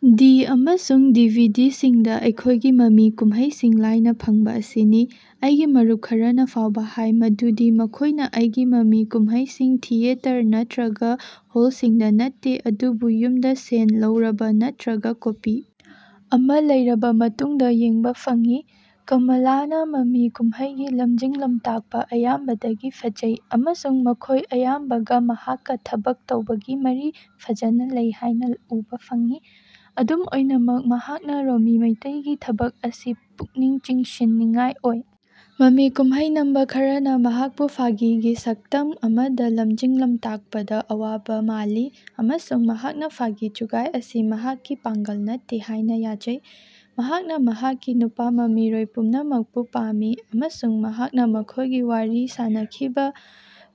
ꯗꯤ. ꯑꯃꯁꯨꯡ D. V. D. ꯁꯤꯡꯗ ꯑꯩꯈꯣꯏꯒꯤ ꯃꯃꯤ ꯀꯨꯝꯍꯩꯁꯤꯡ ꯂꯥꯏꯅ ꯐꯪꯕ ꯑꯁꯤꯅꯤ ꯫ ꯑꯩꯒꯤ ꯃꯔꯨꯞ ꯈꯔꯅ ꯐꯥꯎꯕ ꯍꯥꯏ ꯃꯗꯨꯗꯤ ꯃꯈꯣꯏꯅ ꯑꯩꯒꯤ ꯃꯃꯤ ꯀꯨꯝꯍꯩꯁꯤꯡ ꯊꯤꯌꯦꯇꯔ ꯅꯠꯇ꯭ꯔꯒ ꯍꯣꯜꯁꯤꯡꯗ ꯅꯠꯇꯦ ꯑꯗꯨꯕꯨ ꯌꯨꯝꯗ ꯁꯦꯟ ꯂꯧꯔꯕ ꯅꯠꯇ꯭ꯔꯒ ꯀꯣꯄꯤ ꯑꯃ ꯂꯩꯔꯕ ꯃꯇꯨꯡꯗ ꯌꯦꯡꯕ ꯐꯪꯏ꯫ ꯀꯃꯂꯥꯅ ꯃꯃꯤ ꯀꯨꯝꯍꯩꯒꯤ ꯂꯝꯖꯤꯡ-ꯂꯝꯇꯥꯛꯄ ꯑꯌꯥꯝꯕꯗꯤ ꯐꯖꯩ ꯑꯃꯁꯨꯡ ꯃꯈꯣꯏ ꯑꯌꯥꯝꯕꯒ ꯃꯍꯥꯛꯀ ꯊꯕꯛ ꯇꯧꯕꯒꯤ ꯃꯔꯤ ꯐꯖꯅ ꯂꯩ ꯍꯥꯏꯅ ꯎꯕ ꯐꯪꯏ꯫ ꯑꯗꯨꯝ ꯑꯣꯏꯅꯃꯛ ꯃꯍꯥꯛꯅ ꯔꯣꯃꯤ ꯃꯩꯇꯩꯒꯤ ꯊꯕꯛ ꯑꯁꯤ ꯄꯨꯛꯅꯤꯡ ꯆꯤꯡꯁꯤꯟꯅꯤꯡꯉꯥꯏ ꯑꯣꯏ꯫ ꯃꯃꯤ ꯀꯨꯝꯍꯩ ꯅꯝꯕ ꯈꯔꯅ ꯃꯍꯥꯛꯄꯨ ꯐꯥꯒꯤꯒꯤ ꯁꯛꯇꯝ ꯑꯃꯗ ꯂꯝꯖꯤꯡ-ꯂꯝꯇꯥꯛꯄꯗ ꯑꯋꯥꯕ ꯃꯥꯜꯂꯤ ꯑꯃꯁꯨꯡ ꯃꯍꯥꯛꯅ ꯐꯥꯒꯤ-ꯖꯨꯒꯥꯏ ꯑꯁꯤ ꯃꯍꯥꯛꯀꯤ ꯄꯥꯡꯒꯜ ꯅꯠꯇꯦ ꯍꯥꯏꯅ ꯌꯥꯖꯩ꯫ ꯃꯍꯥꯛꯅ ꯃꯍꯥꯛꯀꯤ ꯅꯨꯄꯥ ꯃꯃꯤꯔꯣꯏ ꯄꯨꯝꯅꯃꯛꯄꯨ ꯄꯥꯝꯃꯤ ꯑꯃꯁꯨꯡ ꯃꯍꯥꯛꯅ ꯃꯈꯣꯏꯒ ꯋꯥꯔꯤ ꯁꯥꯅꯈꯤꯕ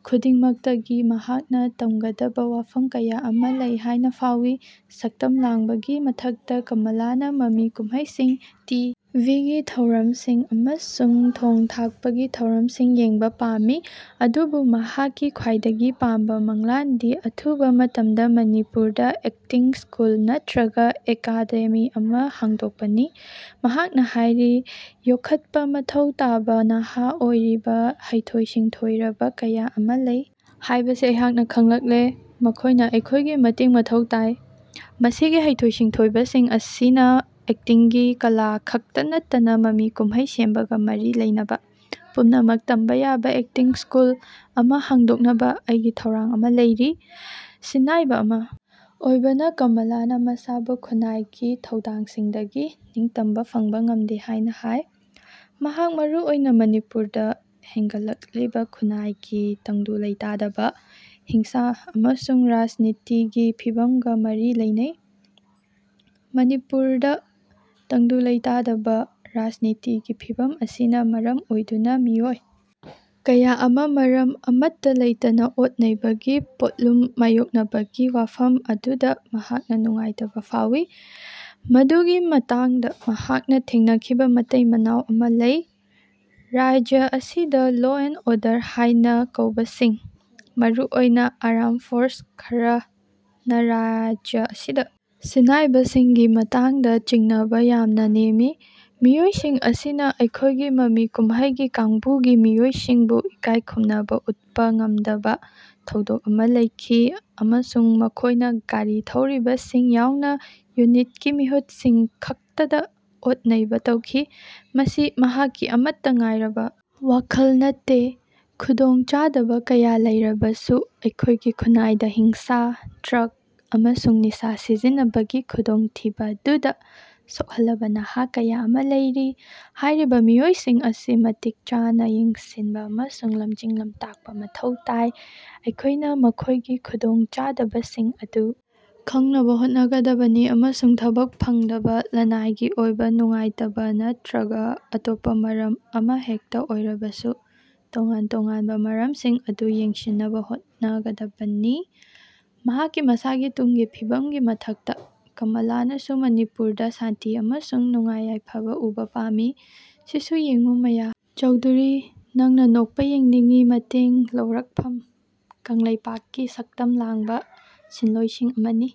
ꯈꯨꯗꯤꯡꯃꯛꯇꯒꯤ ꯃꯍꯥꯛꯅ ꯇꯝꯒꯗꯕ ꯋꯥꯐꯝ ꯀꯌꯥ ꯑꯃ ꯂꯩ ꯍꯥꯏꯅ ꯐꯥꯎꯏ꯫ ꯁꯛꯇꯝ ꯂꯥꯡꯕꯒꯤ ꯃꯊꯛꯇ ꯀꯃꯂꯥꯅ ꯃꯃꯤ ꯀꯨꯝꯍꯩꯁꯤꯡ, ꯇꯤ. ꯚꯤ. ꯒꯤ ꯊꯧꯔꯝꯁꯤꯡ ꯑꯃꯁꯨꯡ ꯊꯣꯡ-ꯊꯥꯛꯄꯒꯤ ꯊꯧꯔꯝꯁꯤꯡ ꯌꯦꯡꯕ ꯄꯥꯝꯃꯤ꯫ ꯑꯗꯨꯕꯨ ꯃꯍꯥꯛꯀꯤ ꯈ꯭ꯋꯥꯏꯗꯒꯤ ꯆꯥꯎꯕ ꯃꯪꯂꯥꯟꯗꯤ ꯑꯊꯨꯕ ꯃꯇꯝꯗ ꯃꯅꯤꯄꯨꯔꯗ ꯑꯦꯛꯇꯤꯡ ꯁ꯭ꯀꯨꯜ ꯅꯠꯇ꯭ꯔꯒ ꯑꯦꯀꯥꯗꯦꯃꯤ ꯑꯃ ꯍꯥꯡꯗꯣꯛꯄꯅꯤ꯫ ꯃꯍꯥꯛꯅ ꯍꯥꯏꯔꯤ, "ꯌꯣꯛꯈꯠꯄ ꯃꯊꯧ ꯇꯥꯕ ꯅꯍꯥ ꯑꯣꯏꯔꯤꯕ ꯍꯩꯊꯣꯏ-ꯁꯤꯡꯊꯣꯏꯔꯕ ꯀꯌꯥ ꯑꯃ ꯂꯩ ꯍꯥꯏꯕꯁꯤ ꯑꯩꯍꯥꯛꯅ ꯈꯪꯂꯛꯂꯦ꯫ ꯃꯈꯣꯏꯅ ꯑꯩꯈꯣꯏꯒꯤ ꯃꯇꯦꯡ ꯃꯊꯧ ꯇꯥꯏ꯫ ꯃꯁꯤꯒꯤ ꯍꯩꯊꯣꯏ-ꯁꯤꯡꯊꯣꯏꯕꯁꯤꯡ ꯑꯁꯤꯅ ꯑꯦꯛꯇꯤꯡꯒꯤ ꯀꯂꯥ ꯈꯛꯇ ꯅꯠꯇꯅ ꯃꯃꯤ ꯀꯨꯝꯍꯩ ꯁꯦꯝꯕꯒ ꯃꯔꯤ ꯂꯩꯅꯕ ꯄꯨꯝꯅꯃꯛ ꯇꯝꯕ ꯌꯥꯕ ꯑꯦꯛꯇꯤꯡ ꯁ꯭ꯀꯨꯜ ꯑꯃ ꯍꯥꯡꯗꯣꯛꯅꯕ ꯑꯩꯒꯤ ꯊꯧꯔꯥꯡ ꯑꯃ ꯂꯩꯔꯤ"꯫ ꯁꯤꯟꯅꯥꯏꯕ ꯑꯃ ꯑꯣꯏꯕꯅ ꯀꯃꯂꯥꯅ ꯃꯁꯥꯕꯨ ꯈꯨꯟꯅꯥꯏꯒꯤ ꯊꯧꯗꯥꯡꯁꯤꯡꯗꯒꯤ ꯅꯤꯡꯇꯝꯕ ꯐꯪꯕ ꯉꯝꯗꯦ ꯍꯥꯏꯅ ꯍꯥꯏ꯫ ꯃꯍꯥꯛ ꯃꯔꯨ ꯑꯣꯏꯅ ꯃꯅꯤꯄꯨꯔꯗ ꯍꯦꯟꯒꯠꯂꯛꯂꯤꯕ ꯈꯨꯟꯅꯥꯏꯒꯤ ꯇꯪꯗꯨ ꯂꯩꯇꯥꯗꯕ, ꯍꯤꯡꯁꯥ ꯑꯃꯁꯨꯡ ꯔꯥꯖꯅꯤꯇꯤꯒꯤ ꯐꯤꯚꯝꯒ ꯃꯔꯤ ꯂꯩꯅꯩ꯫ ꯃꯅꯤꯄꯨꯔꯗ ꯇꯪꯗꯨ ꯂꯩꯇꯥꯗꯕ ꯔꯥꯖꯅꯤꯇꯤꯒꯤ ꯐꯤꯚꯝ ꯑꯁꯤꯅ ꯃꯔꯝ ꯑꯣꯏꯗꯨꯅ ꯃꯤꯑꯣꯏ ꯀꯌꯥ ꯑꯃꯅ ꯃꯔꯝ ꯑꯃꯠꯇ ꯂꯩꯇꯅ ꯑꯣꯠ-ꯅꯩꯕꯒꯤ ꯄꯣꯠꯂꯨꯝ ꯃꯥꯌꯣꯛꯅꯕꯒꯤ ꯋꯥꯐꯝ ꯑꯗꯨꯗ ꯃꯍꯥꯛꯅ ꯅꯨꯡꯉꯥꯏꯇꯕ ꯐꯥꯎꯏ꯫ ꯃꯗꯨꯒꯤ ꯃꯇꯥꯡꯗ ꯃꯍꯥꯛꯅ ꯊꯦꯡꯅꯈꯤꯕ ꯃꯇꯩ-ꯃꯅꯥꯎ ꯑꯃ ꯂꯩ꯫ "ꯔꯥꯖ꯭ꯌ ꯑꯁꯤꯗ ꯂꯣ ꯑꯦꯟꯗ ꯑꯣꯔꯗꯔ ꯍꯥꯏꯅ ꯀꯧꯕꯁꯤꯡ, ꯃꯔꯨꯑꯣꯏꯅ ꯑꯥꯔꯝ ꯐꯣꯔꯁ ꯈꯔꯅ ꯔꯥꯖ꯭ꯌ ꯑꯁꯤꯗ ꯁꯤꯟꯅꯥꯏꯕꯁꯤꯡꯒꯤ ꯃꯇꯥꯡꯗ ꯆꯤꯡꯅꯕ ꯌꯥꯝꯅ ꯅꯦꯝꯃꯤ꯫ ꯃꯤꯑꯣꯏꯁꯤꯡ ꯑꯁꯤꯅ ꯑꯩꯈꯣꯏꯒꯤ ꯃꯃꯤ ꯀꯨꯝꯍꯩꯒꯤ ꯀꯥꯡꯕꯨꯒꯤ ꯃꯤꯑꯣꯏꯁꯤꯡꯕꯨ ꯏꯀꯥꯏ ꯈꯨꯝꯅꯕ ꯎꯠꯄ ꯉꯝꯗꯕ ꯊꯧꯗꯣꯛ ꯑꯃ ꯂꯩꯈꯤ ꯑꯃꯁꯨꯡ ꯃꯈꯣꯏꯅ ꯒꯥꯔꯤ ꯊꯧꯔꯤꯕꯁꯤꯡ ꯌꯥꯎꯅ ꯌꯨꯅꯤꯠꯀꯤ ꯃꯤꯍꯨꯠꯁꯤꯡ ꯈꯛꯇꯗ ꯑꯣꯠ-ꯅꯩꯕ ꯇꯧꯈꯤ"꯫ ꯃꯁꯤ ꯃꯍꯥꯛꯀꯤ ꯑꯃꯠꯇ ꯉꯥꯏꯔꯕ ꯋꯥꯈꯜ ꯅꯠꯇꯦ꯫ "ꯈꯨꯗꯣꯡꯆꯥꯗꯕ ꯀꯌꯥ ꯂꯩꯔꯕꯁꯨ, ꯑꯩꯈꯣꯏꯒꯤ ꯈꯨꯟꯅꯥꯏꯗ ꯍꯤꯡꯁꯥ, ꯗ꯭ꯔꯒ ꯑꯃꯁꯨꯡ ꯅꯤꯁꯥ ꯁꯤꯖꯤꯟꯅꯕꯒꯤ ꯈꯨꯗꯣꯡꯊꯤꯕ ꯑꯗꯨꯗ ꯁꯣꯛꯍꯜꯂꯕ ꯅꯍꯥ ꯀꯌꯥ ꯑꯃ ꯂꯩꯔꯤ꯫ ꯍꯥꯏꯔꯤꯕ ꯃꯤꯑꯣꯏꯁꯤꯡ ꯑꯁꯤ ꯃꯇꯤꯛ ꯆꯥꯅ ꯌꯦꯡꯁꯤꯟꯕ ꯑꯃꯁꯨꯡ ꯂꯝꯖꯤꯡ-ꯂꯝꯇꯥꯛꯄ ꯃꯊꯧ ꯇꯥꯏ꯫ ꯑꯩꯈꯣꯏꯅ ꯃꯈꯣꯏꯒꯤ ꯈꯨꯗꯣꯡꯆꯥꯗꯕꯁꯤꯡ ꯑꯗꯨ ꯈꯪꯅꯕ ꯍꯣꯠꯅꯒꯗꯕꯅꯤ ꯑꯃꯁꯨꯡ ꯊꯕꯛ ꯐꯪꯗꯕ, ꯂꯅꯥꯏꯒꯤ ꯑꯣꯏꯕ ꯅꯨꯡꯉꯥꯏꯇꯕ ꯅꯠꯇ꯭ꯔꯒ ꯑꯇꯣꯞꯄ ꯃꯔꯝ ꯑꯃꯍꯦꯛꯇ ꯑꯣꯏꯔꯕꯁꯨ ꯇꯣꯉꯥꯟ-ꯇꯣꯉꯥꯟꯕ ꯃꯔꯝꯁꯤꯡ ꯑꯗꯨ ꯌꯦꯡꯁꯤꯟꯅꯕ ꯍꯣꯠꯅꯒꯗꯕꯅꯤ"꯫ ꯃꯍꯥꯛꯀꯤ ꯃꯁꯥꯒꯤ ꯇꯨꯡꯒꯤ ꯐꯤꯕꯝꯒꯤ ꯃꯊꯛꯇ, ꯀꯃꯂꯥꯅꯁꯨ ꯃꯅꯤꯄꯨꯔꯗ ꯁꯥꯟꯇꯤ ꯑꯃꯁꯨꯡ ꯅꯨꯡꯉꯥꯏ-ꯌꯥꯏꯐꯕ ꯎꯕ ꯄꯥꯝꯃꯤ꯫ ꯁꯤꯁꯨ ꯌꯦꯡꯉꯨ ꯃꯌꯥ ꯆꯧꯙꯨꯔꯤ ꯅꯪꯅ ꯅꯣꯛꯄ ꯌꯦꯡꯅꯤꯡꯉꯤ ꯃꯇꯦꯡ ꯂꯧꯔꯛꯐꯝ ꯀꯪꯂꯩꯄꯥꯛꯀꯤ ꯁꯛꯇꯝ ꯂꯥꯡꯕ ꯁꯤꯟꯂꯣꯢꯁꯤꯡ ꯑꯃꯅꯤ꯫